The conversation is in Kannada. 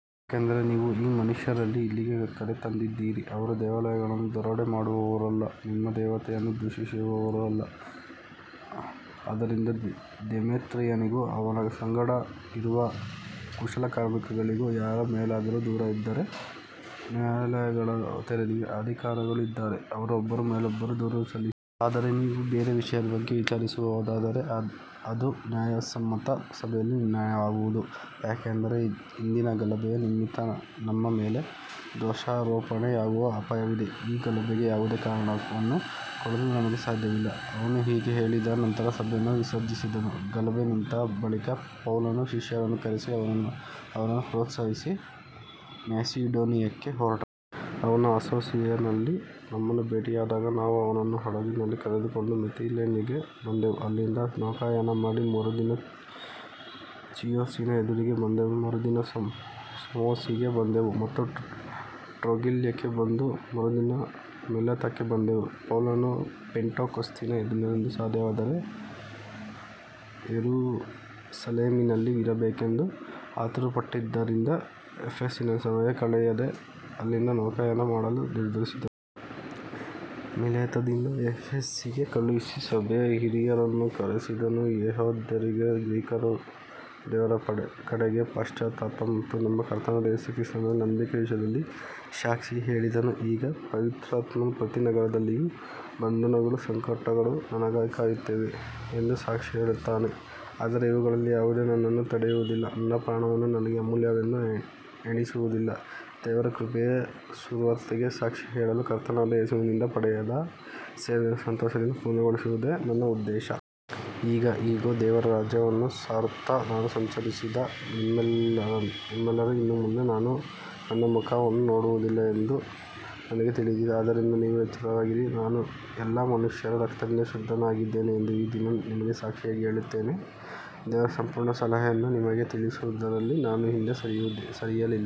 ಯಾಕಂದರೆ ನೀವು ಈ ಮನುಷ್ಯರನ್ನು ಇಲ್ಲಿಗೆ ಕರೆತಂದಿದ್ದೀರಿ, ಅವರು ದೇವಾಲಯಗಳನ್ನು ದರೋಡೆ ಮಾಡುವವರೂ ಅಲ್ಲ, ನಿಮ್ಮ ದೇವತೆಯನ್ನು ದೂಷಿಸುವವರೂ ಅಲ್ಲ. ಆದ್ದರಿಂದ ದೇಮೇತ್ರಿಯನಿಗೂ ಅವನ ಸಂಗಡ ಇರುವ ಕುಶಲಕರ್ಮಿಗಳಿಗೂ ಯಾರ ಮೇಲಾದರೂ ದೂರು ಇದ್ದರೆ ನ್ಯಾಯಾಲಯಗಳು ತೆರೆದಿವೆ, ಅಧಿಕಾರಿಗಳೂ ಇದ್ದಾರೆ, ಅವರು ಒಬ್ಬರ ಮೇಲೊಬ್ಬರು ದೂರು ಸಲ್ಲಿಸಲಿ. ಆದರೆ ನೀವು ಬೇರೆ ವಿಷಯದ ಬಗ್ಗೆ ವಿಚಾರಿಸುವುದಾದರೆ ಅದು ನ್ಯಾಯಸಮ್ಮತ ಸಭೆಯಲ್ಲಿ ನಿರ್ಣಯವಾಗುವುದು. ಯಾಕಂದರೆ ಇಂದಿನ ಗಲಭೆಯ ನಿಮಿತ್ತ ನಮ್ಮ ಮೇಲೆ ದೋಷಾರೋಪಣೆಯಾಗುವ ಅಪಾಯವಿದೆ, ಈ ಗಲಭೆಗೆ ಯಾವುದೇ ಕಾರಣವನ್ನು ಕೊಡಲು ನಮಗೆ ಸಾಧ್ಯವಿಲ್ಲ. ಅವನು ಹೀಗೆ ಹೇಳಿದ ನಂತರ ಸಭೆಯನ್ನು ವಿಸರ್ಜಿಸಿದನು. ಗಲಭೆ ನಿಂತ ಬಳಿಕ ಪೌಲನು ಶಿಷ್ಯರನ್ನು ಕರೆಸಿ ಅವರನ್ನು ಪ್ರೋತ್ಸಾಹಿಸಿ ಮ್ಯಾಸಿಡೋನಿಯಕ್ಕೆ ಹೊರಟನು. ಅವನು ಅಸ್ಸೋಸಿನಲ್ಲಿ ನಮ್ಮನ್ನು ಭೇಟಿಯಾದಾಗ ನಾವು ಅವನನ್ನು ಹಡಗಿನಲ್ಲಿ ಕರೆದುಕೊಂಡು ಮಿತಿಲೇನಿಗೆ ಬಂದೆವು. ಅಲ್ಲಿಂದ ನೌಕಾಯಾನ ಮಾಡಿ ಮರುದಿನ ಚಿಯೋಸಿನ ಎದುರಿಗೆ ಬಂದೆವು, ಮರುದಿನ ಸಮೋಸಿಗೆ ಬಂದೆವು ಮತ್ತು ಟ್ರೊಗಿಲ್ಯಕ್ಕೆ ಬಂದು ಮರುದಿನ ಮಿಲೇತಕ್ಕೆ ಬಂದೆವು. ಪೌಲನು ಪೆಂಟೆಕೋಸ್ತಿನ ದಿನದಂದು ಸಾಧ್ಯವಾದರೆ ಯೆರೂಸಲೇಮಿನಲ್ಲಿ ಇರಬೇಕೆಂದು ಆತುರಪಟ್ಟಿದ್ದರಿಂದ ಎಫೆಸಿನಲ್ಲಿ ಸಮಯ ಕಳೆಯದೆ ಅಲ್ಲಿಂದ ನೌಕಾಯಾನ ಮಾಡಲು ನಿರ್ಧರಿಸಿದನು. ಮಿಲೇತದಿಂದ ಎಫೆಸಿಗೆ ಕಳುಹಿಸಿ ಸಭೆಯ ಹಿರಿಯರನ್ನು ಕರೆಸಿದನು. ಯೆಹೂದ್ಯರಿಗೂ ಗ್ರೀಕರಿಗೂ ದೇವರ ಕಡೆಗೆ ಪಶ್ಚಾತ್ತಾಪ ಮತ್ತು ನಮ್ಮ ಕರ್ತನಾದ ಯೇಸು ಕ್ರಿಸ್ತನಲ್ಲಿ ನಂಬಿಕೆಯ ವಿಷಯದಲ್ಲಿ ಸಾಕ್ಷಿ ಹೇಳಿದೆನು. ಈಗ ಪವಿತ್ರಾತ್ಮನು ಪ್ರತಿ ನಗರದಲ್ಲಿಯೂ ಬಂಧನಗಳೂ ಸಂಕಟಗಳೂ ನನಗಾಗಿ ಕಾಯುತ್ತಿವೆ ಎಂದು ಸಾಕ್ಷಿ ಹೇಳುತ್ತಾನೆ. ಆದರೆ ಇವುಗಳಲ್ಲಿ ಯಾವುದೂ ನನ್ನನ್ನು ತಡೆಯುವುದಿಲ್ಲ, ನನ್ನ ಪ್ರಾಣವನ್ನೂ ನನಗೆ ಅಮೂಲ್ಯವೆಂದು ಎಣಿಸುವುದಿಲ್ಲ, ದೇವರ ಕೃಪೆಯ ಸುವಾರ್ತೆಗೆ ಸಾಕ್ಷಿ ಹೇಳಲು ಕರ್ತನಾದ ಯೇಸುವಿನಿಂದ ಪಡೆದ ಸೇವೆಯನ್ನು ಸಂತೋಷದಿಂದ ಪೂರ್ಣಗೊಳಿಸುವುದೇ ನನ್ನ ಉದ್ದೇಶ. ಈಗ ಇಗೋ, ದೇವರ ರಾಜ್ಯವನ್ನು ಸಾರುತ್ತಾ ನಾನು ಸಂಚರಿಸಿದ ನಿಮ್ಮೆಲ್ಲರೂ ಇನ್ನು ಮುಂದೆ ನನ್ನ ಮುಖವನ್ನು ನೋಡುವುದಿಲ್ಲ ಎಂದು ನನಗೆ ತಿಳಿದಿದೆ. ಆದ್ದರಿಂದ ನೀವು ಎಚ್ಚರವಾಗಿರಿ, ನಾನು ಎಲ್ಲಾ ಮನುಷ್ಯರ ರಕ್ತದಿಂದ ಶುದ್ಧನಾಗಿದ್ದೇನೆ ಎಂದು ಈ ದಿನ ನಿಮಗೆ ಸಾಕ್ಷಿಯಾಗಿ ಹೇಳುತ್ತೇನೆ. ದೇವರ ಸಂಪೂರ್ಣ ಸಲಹೆಯನ್ನು ನಿಮಗೆ ತಿಳಿಸುವುದರಲ್ಲಿ ನಾನು ಹಿಂದೆ ಸರಿಯಲಿಲ್ಲ.